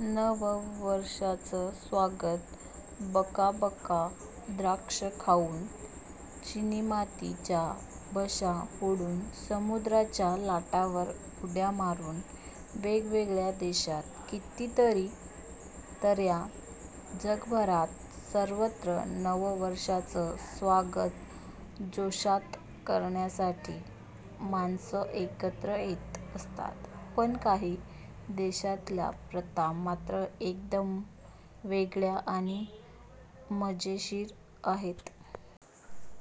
नववर्षाचं स्वागत बकाबका द्राक्ष खाऊन... चिनीमातीच्या बशा फोडून.. समुद्राच्या लाटांवर उड्या मारून... वेगवेगळ्या देशांत कितीतरी तऱ्हा! जगभरात सर्वत्र नववर्षाचं स्वागत जोशात करण्यासाठी माणसं एकत्र येत असतात. पण काही देशांतल्या प्रथा मात्र एकदम वेगळ्या आणि मजेशीर आहेत.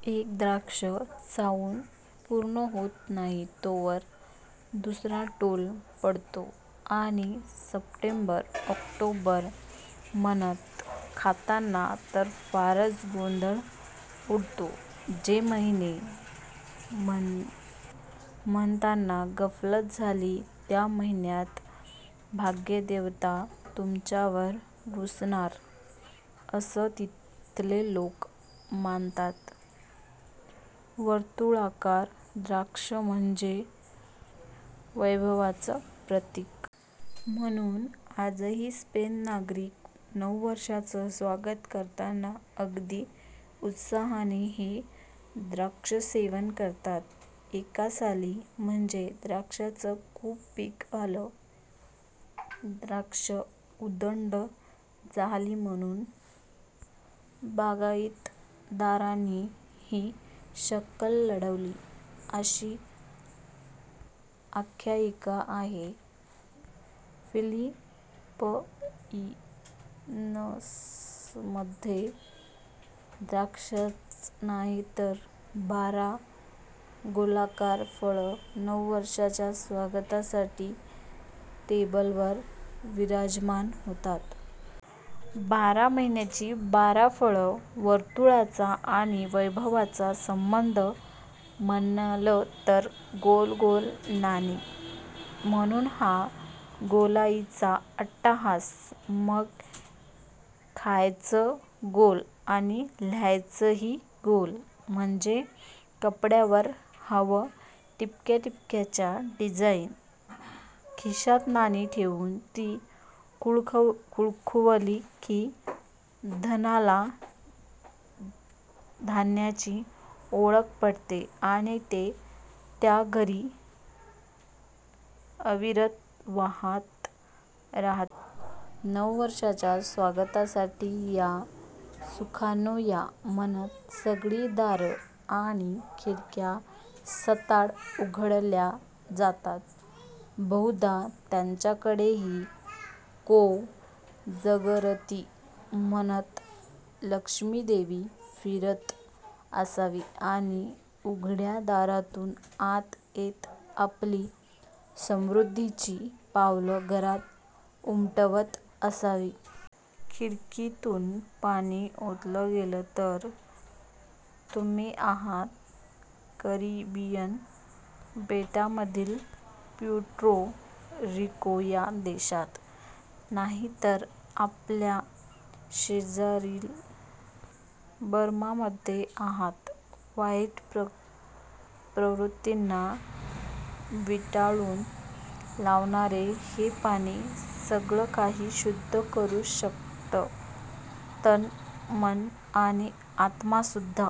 एक द्राक्ष चावून पूर्ण होत नाही तोवर दुसरा टोला पडतो आणि सप्टेंबर-ऑक्टोबर म्हणत खाताना तर फारच गोंधळ उडतो. जे महिने म्हणताना गफलत झाली, त्या महिन्यात भाग्यदेवता तुमच्यावर रुसणार, असं तिथले लोक मानतात. वर्तुळाकार द्राक्ष म्हणजे वैभवाचं प्रतीक. म्हणून आजही स्पेन नागरिक नववर्षाचं स्वागत करताना अगदी उत्साहानं हे द्राक्षसेवन करतात. एका साली म्हणे द्राक्षाचं खूप पीक आलं. द्राक्षे उदंड जाहली! म्हणून बागाईतदारांनी ही शक्कल लढवली अशी आख्यायिका आहे. फिलिपाइन्समध्ये द्राक्षच नाही, तर बारा गोलाकार फळं नववर्षाच्या स्वागतासाठी टेबलावर विराजमान होतात. बारा महिन्यांची बारा फळं. वर्तुळाचा आणि वैभवाचा संबंध म्हणाल तर 'गोल गोल नाणी'! म्हणून हा गोलाईचा अट्टहास! मग खायचं गोल आणि ल्यायचंही गोल. म्हणजे कपड्यांवर हवं ठिपक्याठिपक्यांचं डिझाइन. खिशात नाणी ठेवून ती खुळखुळवली की, धनाला धन्याची ओळख पटते आणि ते त्या घरी अविरत वाहत राहते. नववर्षाच्या स्वागतासाठी 'या सुखांनो या! ' म्हणत सगळी दारं आणि खिडक्या सताड उघडल्या जातात. बहुधा त्यांच्याकडेही 'को जागरति? ' म्हणत लक्ष्मीदेवी फिरत असावी आणि उघड्या दारातून आत येत आपली समृद्धीची पावलं घरात उमटवत असावी. खिडकीतून पाणी ओतलं गेलं असेल तर तुम्ही आहात कॅरिबियन बेटांमधील प्युर्टो रिको या देशात नाही, तर आपल्या शेजारील बर्मामध्ये आहात. वाईट प्रवृत्तींना पिटाळून लावणारं हे पाणी सगळंकाही शुद्ध करू शकतं- तन, मन आणि आत्मासुद्धा!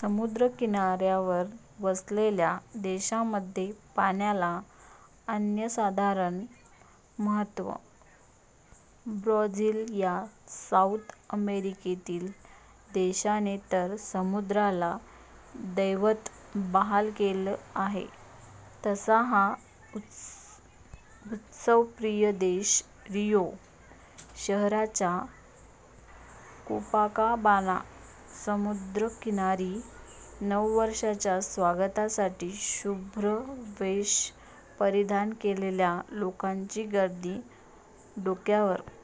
समुद्रकिनाऱ्यावर वसलेल्या देशांमध्ये पाण्याला अनन्यसाधारण महत्त्व! ब्राझील या साऊथ अमेरिकेतील देशाने तर समुद्राला देवत्व बहाल केलं आहे. तसा हा उत्सवप्रिय देश! रिओ शहराच्या कोपाकाबाना समुद्रकिनारी नववर्षाच्या स्वागतासाठी शुभ्र वेष परिधान केलेल्या लोकांची गर्दी, डोक्यावर